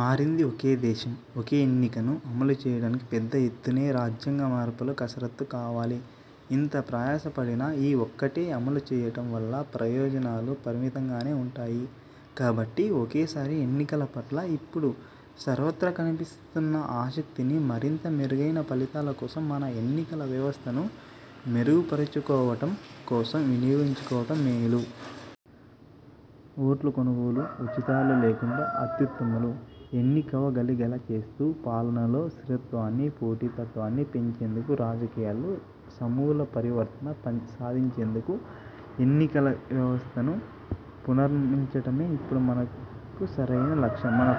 మారింది. ఒకే దేశం–ఒకే ఎన్నికను అమలుచేయటానికి పెద్దఎత్తునే రాజ్యాంగ మార్పుల కసరత్తు కావాలి. ఇంత ప్రయాసపడినా, ఈ ఒక్కటే అమలుచేయటం వల్ల ప్రయోజనాలు పరిమితంగానే ఉంటాయి. కాబట్టి ఒకేసారి ఎన్నికల పట్ల ఇప్పుడు సర్వత్రా కనిపిస్తున్న ఆసక్తిని, మరింత మెరుగైన ఫలితాల కోసం, మన ఎన్నికల వ్యవస్థను మెరుగుపరుచుకోవటం కోసం వినియోగించుకోవటం మేలు. ఓట్లు కొనుగోలు, ఉచితాలు లేకుండా అత్యుత్తములు ఎన్నికవగలిగేలాచేస్తూ పాలనలో స్థిరత్వాన్ని, పోటీతత్వాన్ని పెంచేందుకు, రాజకీయాల్లో సమూల పరివర్తన సాధించేందుకు ఎన్నికలవ్యవస్థను పునర్నిర్మించటమే ఇప్పుడు మనకు సరైన లక్ష్యం. మన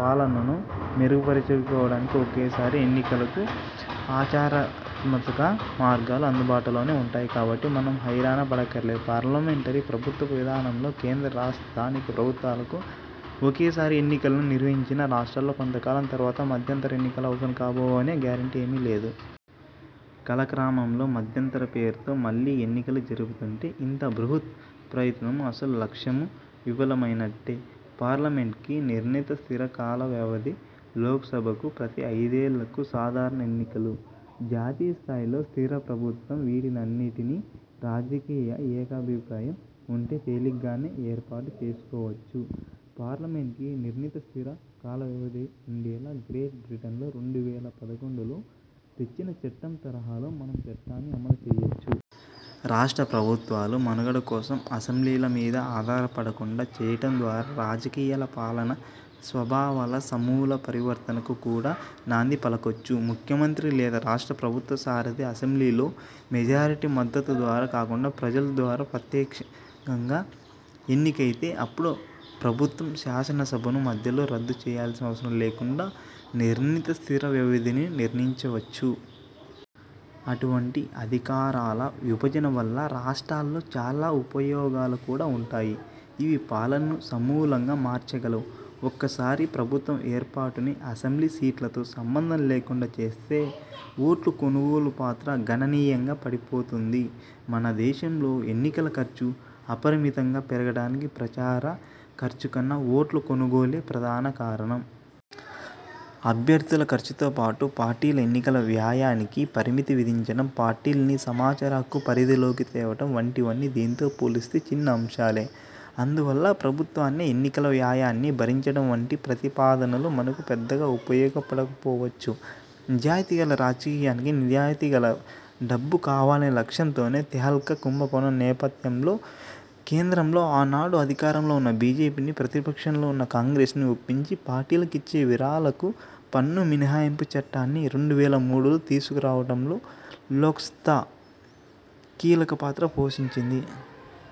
పాలనను మెరుగుపరుచుకోవటానికీ, ఒకేసారి ఎన్నికలకు ఆచరణాత్మక మార్గాలు అందుబాటులోనే ఉన్నాయికాబట్టి మనం హైరానా పడనక్కర్లేదు. పార్లమెంటరీ ప్రభుత్వ విధానంలో, కేంద్ర, రాష్ట్ర, స్థానిక ప్రభుత్వాలకు ఒకేసారి ఎన్నికల్ని నిర్వహించినా, రాష్ట్రాల్లో కొంతకాలం తర్వాత మధ్యంతరఎన్నికలు అవసరం కాబోవనే గ్యారంటీ ఏమీలేదు. కాలక్రమంలో మధ్యంతరం పేరుతో మళ్లీ ఎన్నికలు జరుపుతుంటే ఇంత బృహత్ ప్రయత్నమూ, అసలు లక్ష్యమూ విఫలమైనట్టే. పార్లమెంట్కి నిర్ణీత స్థిరకాలవ్యవధి, లోక్సభకు ప్రతి ఐదేళ్లకూ సాధారణ ఎన్నికలు, జాతీయస్థాయిలో స్థిర ప్రభుత్వం– వీటన్నిటినీ రాజకీయ ఏకాభిప్రాయం ఉంటే తేలిగ్గానే ఏర్పాటు చేసుకోవచ్చు. పార్లమెంట్కి నిర్ణీత స్థిర కాలవ్యవధి ఉండేలా గ్రేట్ బ్రిటన్లో రెండు వేల పదకొండులో తెచ్చిన చట్టం తరహాలో మనమూ చట్టాన్ని అమలుచేయొచ్చు. రాష్ట్ర ప్రభుత్వాలు మనుగడ కోసం అసెంబ్లీల మీద ఆధారపడకుండా చేయటం ద్వారా రాజకీయాల, పాలన స్వభావాల సమూల పరివర్తనకు కూడా నాంది పలకొచ్చు. ముఖ్యమంత్రి లేదా రాష్ట్ర ప్రభుత్వ సారథి అసెంబ్లీలో మెజారిటీ మద్దతు ద్వారా కాకుండా ప్రజల ద్వారా ప్రత్యక్షంగా ఎన్నికైతేఅప్పుడు ప్రభుత్వం, శాసనసభను మధ్యలో రద్దు చేయాల్సిన అవసరం లేకుండా నిర్ణీత స్థిర వ్యవధిని నిర్ణయించవచ్చు. అటువంటి అధికా రాల విభజన వల్ల రాష్ట్రాల్లో చాలా ఉపయోగాలు కూడా ఉంటాయి. ఇవి పాలనను సమూలంగా మార్చగలవు. ఒక్కసారి ప్రభుత్వం ఏర్పాటుని అసెంబ్లీ సీట్లతో సంబంధం లేకుండా చేస్తే, ఓట్ల కొనుగోలు పాత్ర గణనీయంగా పడిపోతుంది. మనదేశంలో ఎన్నికల ఖర్చు అపరిమితంగా పెరగడానికి ప్రచార ఖర్చుకన్నా ఓట్ల కొనుగోలే ప్రధాన కారణం. అభ్యర్థుల ఖర్చుతో పాటు పార్టీల ఎన్నికల వ్యయానికి పరిమితి విధించటం, పార్టీల్ని సమాచార హక్కు పరిధిలోకి తేవటం వంటివన్నీ దీంతో పోలిస్తే చిన్న అంశాలే. అందువల్ల ప్రభుత్వన్ని ఎన్నికల వ్యయాన్ని భరించటం వంటి ప్రతిపాదనలు మనకు పెద్దగా ఉపయోగపడకపోవచ్చు. నిజాయితీగల రాజకీయానికి నిజాయితీగల డబ్బు కావాలనే లక్ష్యంతోనే, తెహల్కా కుంభకోణం నేపథ్యంలో కేంద్రంలో ఆనాడు అధికారంలో ఉన్న బీజేపీని, ప్రతిపక్షంలో ఉన్న కాంగ్రెస్ను ఒప్పించి పార్టీలకిచ్చే విరాళాలకు పన్ను మినహాయింపు చట్టాన్ని రెండు వేల మూడులో తీసుకురావటంలో లోక్సత్తా కీలక పాత్ర పోషించింది.